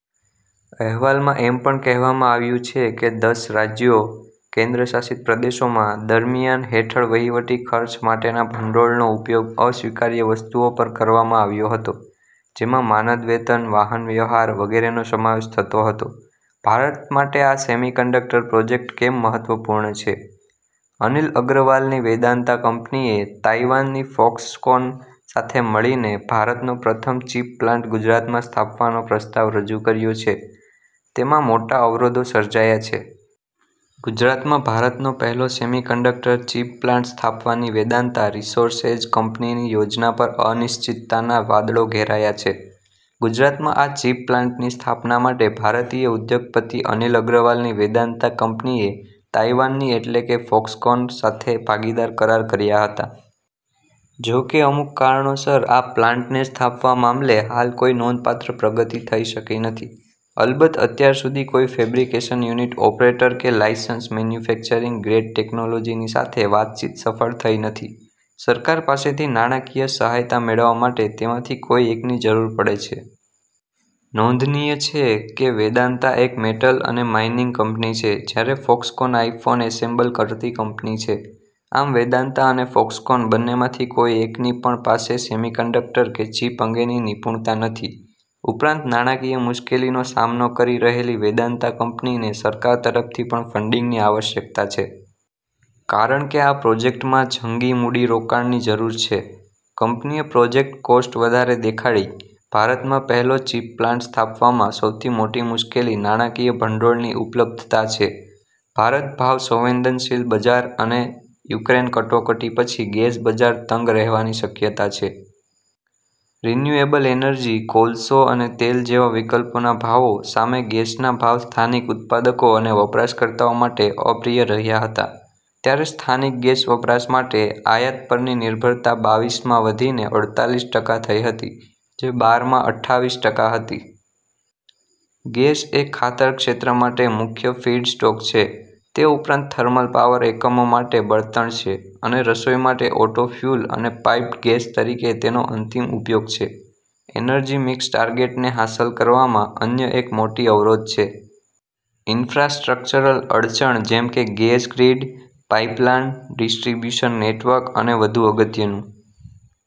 અહેવાલમાં એમ પણ કહેવામાં આવ્યું છે કે દસ રાજ્યો/ કેન્દ્રશાસિત પ્રદેશોમાં, દરમિયાન હેઠળ વહીવટી ખર્ચ માટેના ભંડોળનો ઉપયોગ "અસ્વીકાર્ય વસ્તુઓ" પર કરવામાં આવ્યો હતો. જેમાં માનદ વેતન, વાહનવ્યવહાર વગેરેનો સમાવેશ થતો હતો. ભારત માટે આ સેમીકન્ડક્ટર પ્રોજેક્ટ કેમ મહત્વપૂર્ણ છે: અનિલ અગ્રવાલની વેદાંતા કંપનીએ તાઇવાનની ફોક્સકોન સાથે મળીને ભારતનો પ્રથમ ચીપ પ્લાન્ટ ગુજરાતમાં સ્થાપવાનો પ્રસ્તાવ રજૂ કર્યો છે, તેમાં મોટા અવરોધો સર્જાયા છે. ગુજરાતમાં ભારતનો પહેલો સેમીકન્ડક્ટર ચીપ પ્લાન્ટ સ્થાપવાની વેદાંતા રિસોર્સેઝ કંપનીની યોજના પર અનિશ્ચિતતાના વાદળો ઘેરાયા છે. ગુજરાતમાં આ ચીપ પ્લાન્ટની સ્થાપના માટે ભારતીય ઉદ્યોગપતિ અનિલ અગ્રવાલની વેદાંતા કંપનીએ તાઇવાનની એટલે કે ફોક્સકોન સાથે ભાગીદાર કરાર કર્યા હતા. જો કે અમુક કારણોસર આ પ્લાન્ટને સ્થાપવા મામલે હાલ કોઇ નોંધપાત્ર પ્રગતિ થઇ શકી નથી. અલબત્ત અત્યાર સુધી કોઇ ફેબ્રિકેશન યુનિટ ઓપરેટર કે લાઇસન્સ મેન્યુફેક્ચરિંગ ગ્રેડ ટેકનોલોજીની સાથે વાતચીત સફળ થઇ નથી. સરકાર પાસેથી નાણાંકીય સહાયતા મેળવવા માટે તેમાંથી કોઇ એકની જરૂર પડે છે. નોંધનિય છે કે, વેદાંતા એક મેટલ અને માઇનિંગ કંપની છે જ્યારે ફોક્સકોન આઇફોન એસેમ્બલ કરતી કંપની છે. આમ વેદાંતા અને ફોક્સકોન બંનેમાંથી કોઇ એકની પણ પાસે સેમીકન્ડક્ટર કે ચીપ અંગેની નિપુણતા નથી. ઉપરાંત નાણાંકીય મુશ્કેલીનો સામનો કરી રહેલી વેદાંતા કંપનીને સરકાર તરફથી પણ ફંડિગની આવશ્યકતા છે. કારણ કે આ પ્રોજેક્ટમાં જંગી મૂડીરોકાણની જરૂર છે. કંપનીએ પ્રોજેક્ટ કોસ્ટ વધારે દેખાડી. ભારતમાં પહેલો ચીપ પ્લાન્ટ સ્થાપવામાં સૌથી મોટી મુશ્કેલી નાણાંકીય ભંડોળની ઉપલબ્ધતા છે. ભારત ભાવ સંવેદનશીલ બજાર છે અને યુક્રેન કટોકટી પછી ગેસ બજાર તંગ રહેવાની શક્યતા છે. રિન્યુએબલ એનર્જી, કોલસો અને તેલ જેવા વિકલ્પોના ભાવો સામે ગેસના ભાવ સ્થાનિક ઉત્પાદકો અને વપરાશકર્તાઓ માટે અપ્રિય રહ્યા હતા, ત્યારે સ્થાનિક ગેસ વપરાશ માટે આયાત પરની નિર્ભરતા બાવીસમાં વધીને અડતાલીસ ટકા થઈ હતી જે બાર માં અઠ્ઠાવીસ ટકા હતી. ગેસ એ ખાતર ક્ષેત્ર માટે મુખ્ય ફીડસ્ટોક છે, તે ઉપરાંત થર્મલ પાવર એકમો માટે બળતણ છે, અને રસોઈ માટે ઓટો ફ્યુઅલ અને પાઇપ્ડ ગેસ તરીકે તેનો અંતિમ ઉપયોગ છે. એનર્જી મિક્સ ટાર્ગેટને હાંસલ કરવામાં અન્ય એક મોટી અવરોધ છે. ઇન્ફ્રાસ્ટ્રક્ચરલ અડચણ જેમ કે gas grid, pipeline, distribution network અને વધુ અગત્યનું.